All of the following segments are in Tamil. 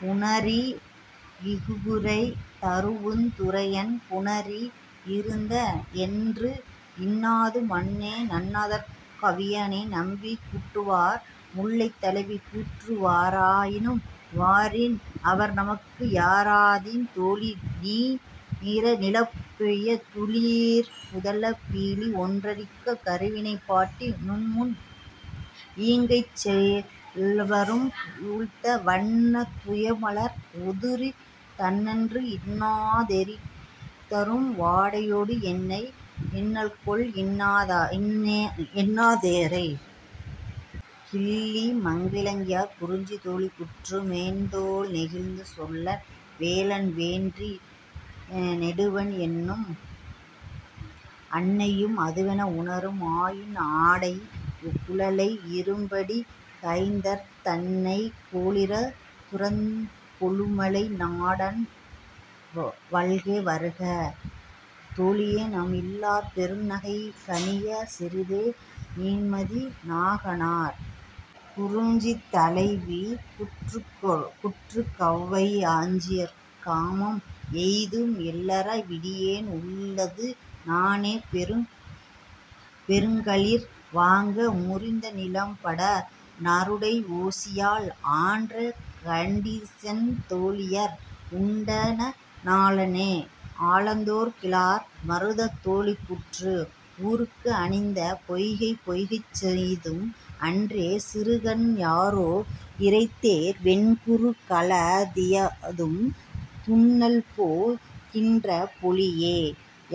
புணரி இகுதிரை தரூஉந் துறைவன் புணரிய இருந்த ஞான்றும் இன்னது மன்னோ நன்னுதற் கவினே. -நம்பி குட்டுவனார்.. முல்லை தலைவி கூற்று வாரா ராயினும் வரினும் அவர்நமக்கு யாரா கியரோ தோழி நீர நீலப் பைம்போ துளரிப் புதல பீலி ஒண்பொறிக் கருவிளை யாட்டி நுண்முள் ஈங்கைச் செவ்வரும் பூழ்த்த வண்ணத் துய்ம்மலர் உதிரத் தண்ணென்று இன்னா தெறிதரும் வாடையொடு என்னா யினள்கொல் என்னா தோரே. -கிள்ளிமங்கலங்கிழார்.. குறிஞ்சி தோழி கூற்று மென்தோள் நெகிழ்த்த செல்லல் வேலன் வென்றி நெடுவேள் என்னும் அன்னையும் அதுவென உணரும் ஆயின் ஆயிடைக் கூழை இரும்பிடிக் கைகரந் தன்ன கேழிருந் துறுகற் கெழுமலை நாடன் வல்லே வருக தோழிநம் இல்லோர் பெருநகை காணிய சிறிதே. -தீன்மதி நாகனார்.. குறிஞ்சி தலைவி கூற்று கௌவை யஞ்சிற் காமம் எய்க்கும் எள்ளற விடினே உள்ளது நாணே பெருங்களிறு வாங்க முரிந்துநிலம் படாஅ நாருடை ஒசியல் அற்றே கண்டிசின் தோழியவர் உண்டஎன் நலனே. -ஆலத்தூர் கிழார்.. மருதம் தோழி கூற்று ஊர்க்கும் அணித்தே பொய்கை பொய்கைக்குச் சேய்த்தும் அன்றே சிறுகான் யாறே இரைதேர் வெண்குரு கல்ல தியாவதும் துன்னல்போ கின்றாற் பொழிலே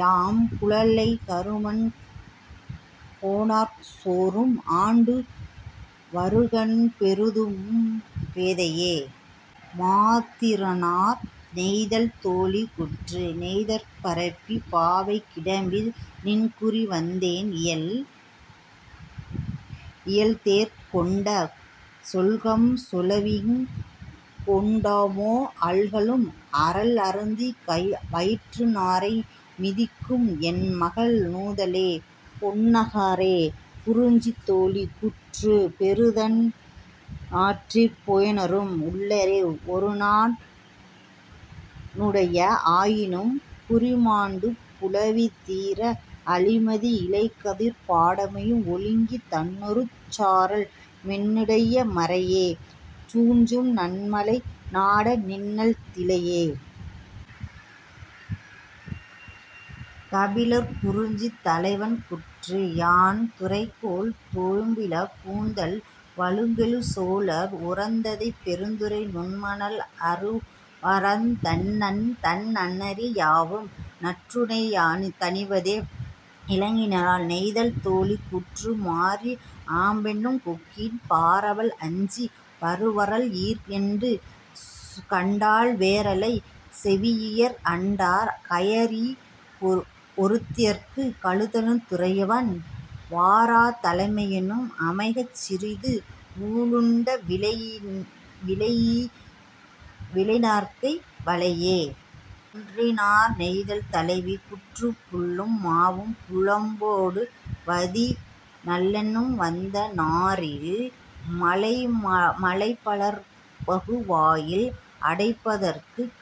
யாமெம் கூழைக் கெருமண் கொணர்கஞ் சேறும் ஆண்டும் வருகுவள் பெரும்பே தையே. -மாதீர்த்தனார்.. நெய்தல் தோழி கூற்று நெய்தற் பரப்பிற் பாவை கிடப்பி நின்குறி வந்தனென் இயல்தேர்க் கொண்க செல்கம் செலவியங் கொண்மோ அல்கலும் ஆரல் அருந்த வயிற்ற நாரை மிதிக்கும் என்மகள் நுதலே. -பொன்னாகனார்.. குறிஞ்சி தோழி கூற்று பெருநன் றாற்றிற் பேணாரும் உளரே ஒருநன் றுடையள் ஆயினும் புரிமாண்டு புலவி தீர அளிமதி இலைகவர் பாடமை ஒழுகிய தண்ணறுஞ் சாரல் மென்னடை மரையா துஞ்சும் நன்மலை நாட நின்னல திலளே. -கபிலர்.. குறிஞ்சி தலைவன் கூற்று யானயந் துறைவோள் தேம்பாய் கூந்தல் வளங்கெழு சோழர் உறந்தைப் பெருந்துறை நுண்மணல் அறல்வார்ந் தன்ன நன்னெறி யவ்வே நறுந்தண் ணியவே. -இளங்கீரனார்.. நெய்தல் தோழி கூற்று மாரி ஆம்ப லன்ன கொக்கின் பார்வல் அஞ்சிய பருவரல் ஈர்ஞெண்டு கண்டல் வேரளைச் செலீஇயர் அண்டர் கயிறரி யெருத்திற் கதழுந் துறைவன் வாரா தமையினும் அமைக சிறியவும் உளவீண்டு விலைஞர்கை வளையே. -குன்றியனார்.. நெய்தல் தலைவி கூற்று புள்ளும் மாவும் புலம்பொடு வதிய நள்ளென வந்த நாரில் மாலைப் பலர்புகு வாயில் அடைப்பக்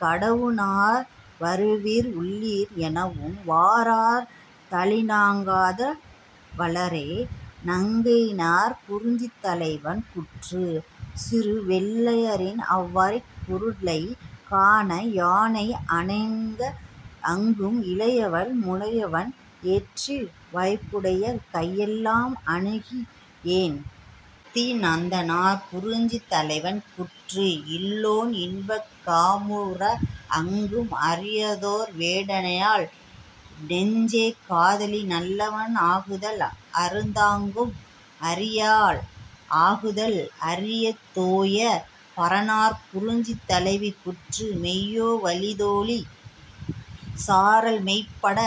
கடவுநர் வருவீர் உளீரோ எனவும் வாரார் தோழிநங் காத லோரே. -நன்னாகையார்.. குறிஞ்சி தலைவன் கூற்று சிறுவெள் ளரவின் அவ்வரிக் குருளை கான யானை அணங்கி யாஅங்கு இளையள் முளைவாள் எயிற்றள் வளையுடைக் கையள்எம் அணங்கி யோளே. -சத்திநாதனார்.. குறிஞ்சி தலைவன் கூற்று இல்லோன் இன்பங் காமுற் றாஅங்கு அரிதுவேட் டனையால் நெஞ்சே காதலி நல்லள் ஆகுதல் அறிந்தாங்கு அரியள் ஆகுதல் அறியா தோயே. -பரணர்.. குறிஞ்சி தலைவி கூற்று மெய்யே வாழி தோழி சாரல் மைபட்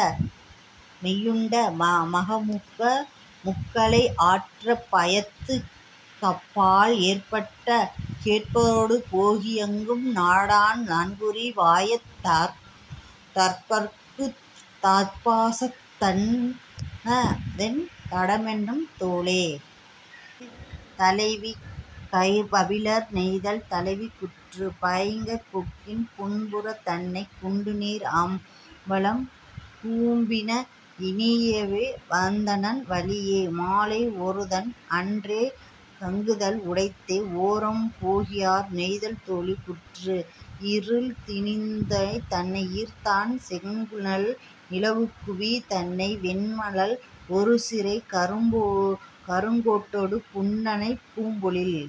டன்ன மாமுக முசுக்கலை ஆற்றப் பாயாத் தப்பல் ஏற்ற கோட்டொடு போகி யாங்கு நாடன் தான்குறி வாயாத் தப்பற்குத் தாம்பசந் தனஎன் தடமென் தோளே. -கபிலர்.. நெய்தல் தலைவி கூற்று பைங்காற் கொக்கின் புன்புறத் தன்ன குண்டுநீர் ஆம்பலும் கூம்பின இனியே வந்தன்று வாழியோ மாலை ஒருதான் அன்றே கங்குலும் உடைத்தே. -ஓரம் போகியார்.. நெய்தல் தோழி கூற்று இருள்திணிந் தன்ன ஈர்ந்தண் கொழுநிழல் நிலவுக்குவித் தன்ன வெண்மணல் ஒருசிறைக் கருங்கோட்டுப் புன்னைப் பூம்பொழில்